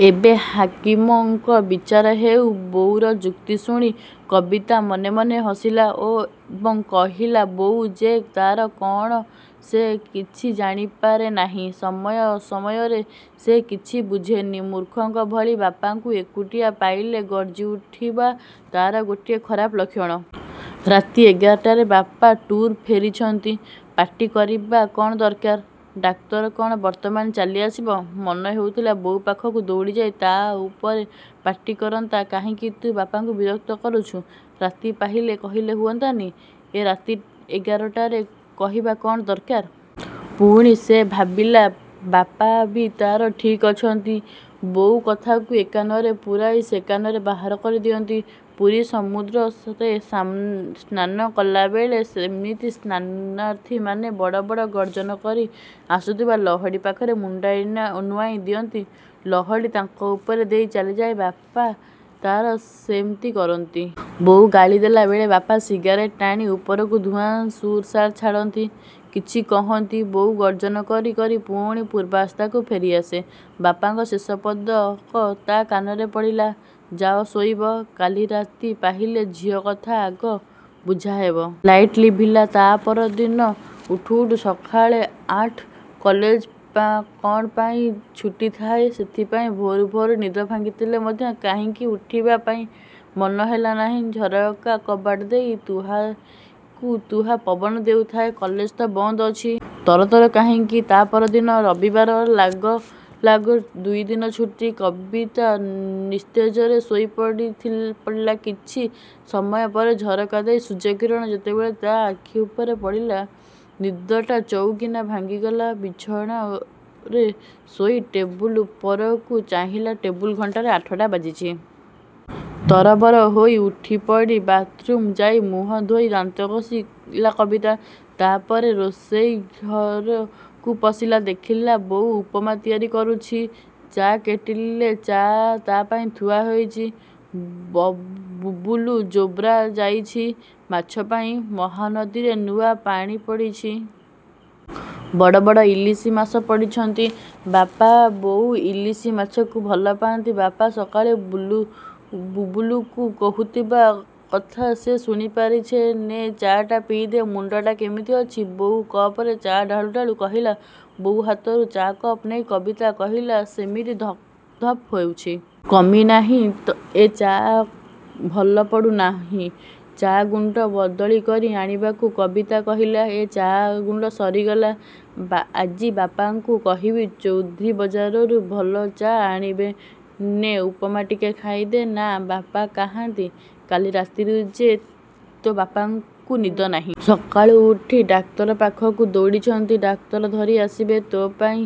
ଏବେ ହାକିମଙ୍କ ବିଚାର ହେଉ। ବୋଉର ଯୁକ୍ତିଶୁଣି କବିତା ମନେ ମନେ ହସିଲା, ଏବଂ କହିଲା ବୋଉ ଯେ ତା'ର କ'ଣ ସେ କିଛି ଜାଣିପାରେ ନାହିଁ। ସମୟ ଅସମୟରେ ସେ କିଛି ବୁଝେନି। ମୂର୍ଖଙ୍କ ଭଳି ବାପାଙ୍କୁ ଏକୁଟିଆ ପାଇଲେ ଗର୍ଜ୍ଜିଉଠିବା ତା'ର ଗୋଟିଏ ଖରାପ ଲକ୍ଷଣ। ରାତି ଏଗାରଟାରେ ବାପା ଟୁର୍ରୁ ଫେରିଛନ୍ତି। ପାଟି କରିବା କ'ଣ ଦରକାର? ଡାକ୍ତର କ'ଣ ବର୍ତ୍ତମାନ ଚାଲିଆସିବ। ମନ ହେଉଥିଲା ବୋଉ ପାଖକୁ ଦୌଡ଼ିଯାଇ ତା' ଉପରେ ପାଟିକରନ୍ତା, କାହିଁକି ତୁ ବାପାଙ୍କୁ ବିରକ୍ତ କରୁଛୁ? ରାତି ପାହିଲେ କହିଲେ ହୁଅନ୍ତା ନି? ଏ ରାତି ଏଗାରଟାରେ କହିବା କ'ଣ ଦରକାର। ପୁଣି ସେ ଭାବିଲା, ବାପା ବି ତା'ର ଠିକ୍ ଅଛନ୍ତି। ବୋଉ କଥାକୁ ଏ କାନରେ ପୂରାଇ ସେ କାନରେ ବାହାର କରି ଦିଅନ୍ତି। ପୁରୀ ସମୁଦ୍ରରେ ସ୍ନାନ କଲାବେଳେ ସେମିତି ସ୍ନାନାର୍ଥୀମାନେ ବଡ଼ ବଡ଼ ଗର୍ଜ୍ଜନ କରି ଆସୁଥିବା ଲହଡ଼ି ପାଖରେ ମୁଣ୍ଡ ନୁଆଁଇ ଦିଅନ୍ତି, ଲହଡ଼ି ତାଙ୍କ ଉପରେ ଦେଇ ଚାଲିଯାଏ ବାପା ତା'ର ସେମିତି କରନ୍ତି। ବୋଉ ଗାଳିଦେଲା ବେଳେ ବାପା ସିଗାରେଟ୍ ଟାଣି ଉପରକୁ ଧୂଆଁ ସୁର୍ ସାର୍ ଛାଡ଼ନ୍ତି। କିଛି କହନ୍ତି। ବୋଉ ଗର୍ଜ୍ଜନ କରି କରି ପୁଣି ପୂର୍ବାବସ୍ଥାକୁ ଫେରି ଆସେ। ବାପାଙ୍କ ଶେଷପଦକ ତା' କାନରେ ପଡ଼ିଲା, ଯାଅ ଶୋଇବ। କାଲି ରାତି ପାହିଲେ ଝିଅକଥା ଆଗ ବୁଝାହେବ। ଲାଇଟି ଲିଭିଲା। ତା' ପରଦିନ ଉଠୁ ଉଠୁ ସକାଳ ଆଠ। କଲେଜ କ'ଣ ପାଇଁ ଛୁଟି ଥାଏ। ସେଥିପାଇଁ ଭୋରୁ ଭୋରୁ ନିଦ ଭାଙ୍ଗିଥିଲେ ମଧ୍ୟ କାହିଁକି ଉଠିବା ପାଇଁ ମନ ହେଲା ନାହିଁ। ଝରକା ବାଟଦେଇ ତୁହାକୁ ତୁହା ପବନ ଦେଉଥାଏ। କଲେଜ ତ ବନ୍ଦ ଅଛି। ତର ତର କାହିଁକି? ତା' ପରଦିନ ରବିବାର ଲାଗ ଲାଗ ଦୁଇଦିନ ଛୁଟି। କବିତା ନିସ୍ତେଜରେ ଶୋଇପଡ଼ିଲା। କିଛି ସମୟ ପରେ ଝରକା ଦେଇ ସୂର୍ଯ୍ୟକିରଣ ଯେତେବେଳେ ତା' ଆଖି ଉପରେ ପଡ଼ିଲା। ନିଦଟା ଚାଉଁକିନା ଭାଙ୍ଗିଗଲା। ବିଛଣାରେ ଶୋଇ ଟେବୁଲ୍ ଉପରକୁ ଚାହିଁଲା ଟେବୁଲ୍ ଘଣ୍ଟାରେ ଆଠଟା ବାଜିଛି। ତରବର ହୋଇ ଉଠିପଡ଼ି ବାଥ୍ରୁମ୍କୁ ଯାଇଁ ମୁହଁ ଧୋଇ ଆସି ଦାନ୍ତ ଘଷିଲା କବିତା। ତା' ପରେ ରୋଷେଇ ଘରକୁ ପଶିଲା। ଦେଖିଲା ବୋଉ ଉପମା ତିଆରି କରୁଛି। ଚା'କେଟିଲରେ ଚା' ତା' ପାଇଁ ଥୁଆ ହୋଇଛି। ବୁବୁଲୁ ଯୋବ୍ରା ଯାଇଛି ମାଛ ପାଇଁ, ମହାନଦୀରେ ନୂଆ ପାଣି ପଡ଼ିଛି। ବଡ଼ ବଡ଼ ଇଲିଶି ମାଛ ପଡ଼ିଛନ୍ତି। ବାପା, ବୋଉ ଇଲିଶି ମାଛକୁ ଭଲ ପାଆନ୍ତି। ବାପା ସକାଳେ ବୁବୁଲୁକୁ କହୁଥିବା କଥା ସେ ଶୁଣି ପାରିଛି। ନେ ଚା'ଟା ପିଇଦେ। ମୁଣ୍ଡଟା କିମିତି ଅଛି? ବୋଉ କପରେ ଚା' ଢାଳୁ ଢାଳୁ କହିଲା। ବୋଉ ହାତରୁ ଚା' କପ୍ ନେଇ କବିତା କହିଲା ସେମିତି ଧପ ଧପ ହେଉଛି। କମିନାହିଁ। ଏ ଚା' ଭଲ ପଡ଼ୁନାହିଁ, ଚା' ଗୁଣ୍ଡ ବଦଳି କରି ଆଣିବାକୁ କବିତା କହିଲା। ଏ ଚା' ଗୁଣ୍ଡ ସରିଗଲା। ଆଜି ବାପାଙ୍କୁ କହିବି ଚୌଧୁରୀବଜାରରୁ ଭଲ ଚା' ଆଣିବେ। ନେ ଉପମା ଟିକେ ଖାଇଦେ। ନାଁ, ବାପା କାହାନ୍ତି? କାଲି ରାତିରୁ ଯେ ତୋ' ବାପାକୁ ନିଦ ନାହିଁ। ସକାଳୁ ଉଠି ଡାକ୍ତର ପାଖକୁ ଦୌଡ଼ିଛନ୍ତି। ଡାକ୍ତର ଧରି ଆସିବେ। ତୋ' ପାଇଁ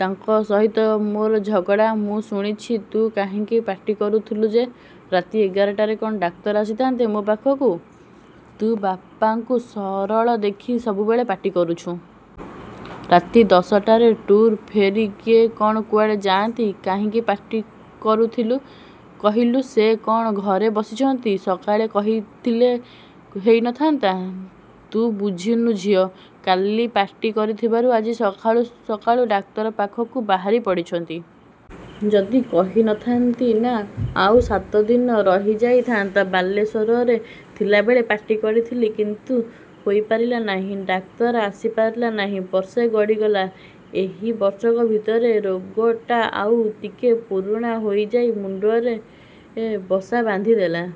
ତାଙ୍କ ସହିତ ମୋର ଝଗଡ଼ା। ମୁଁ ଶୁଣିଛି। ତୁ କାହିଁକି ପାଟି କରୁଥିଲୁ ଯେ। ରାତି ଏଗାରଟାରେ କ'ଣ ଡାକ୍ତର ଆସିଥାନ୍ତେ ମୋ ପାଖକୁ। ତୁ ବାପାଙ୍କୁ ସରଳ ଦେଖି ସବୁବେଳେ ପାଟି କରୁଛୁ। ରାତି ଦଶଟାରେ ଟୁର୍ରୁ ଫେରି କିଏ କ'ଣ କୁଆଡ଼େ ଯାଆନ୍ତି। କାହିଁକି ପାଟି କରୁଥିଲୁ କହିଲୁ। ସେ କ'ଣ ଘରେ ବସିଛନ୍ତି। ସକାଳେ କହିଥିଲେ ହୋଇ ନ ଥା'ନ୍ତା? ତୁ ବୁଝିନୁ ଝିଅ। କାଲି ପାଟି କରିଥିବାରୁ ଆଜି ସକାଳୁ ସକାଳୁ ଡାକ୍ତର ପାଖକୁ ବାହାରି ପଡ଼ିଛନ୍ତି। ଯଦି ନ କହିଥା'ନ୍ତି ନା; ଆଉ ସାତ ଦିନ ରହିଯାଇ ଥା'ନ୍ତା। ବାଲେଶ୍ୱରରେ ଥିଲାବେଳେ ପାଟି କରିଥିଲି। କିନ୍ତୁ ହୋଇପାରିଲା ନାହିଁ। ଡାକ୍ତର ଆସି ପାରିଲା ନାହିଁ ବର୍ଷେ ଗଡ଼ିଗଲା। ଏହି ବର୍ଷକ ଭିତରେ ରୋଗଟା ଆଉ ଟିକେ ପୁରୁଣା ହୋଇଯାଇ ମୁଣ୍ଡରେ ବସା ବାନ୍ଧିଦେଲା।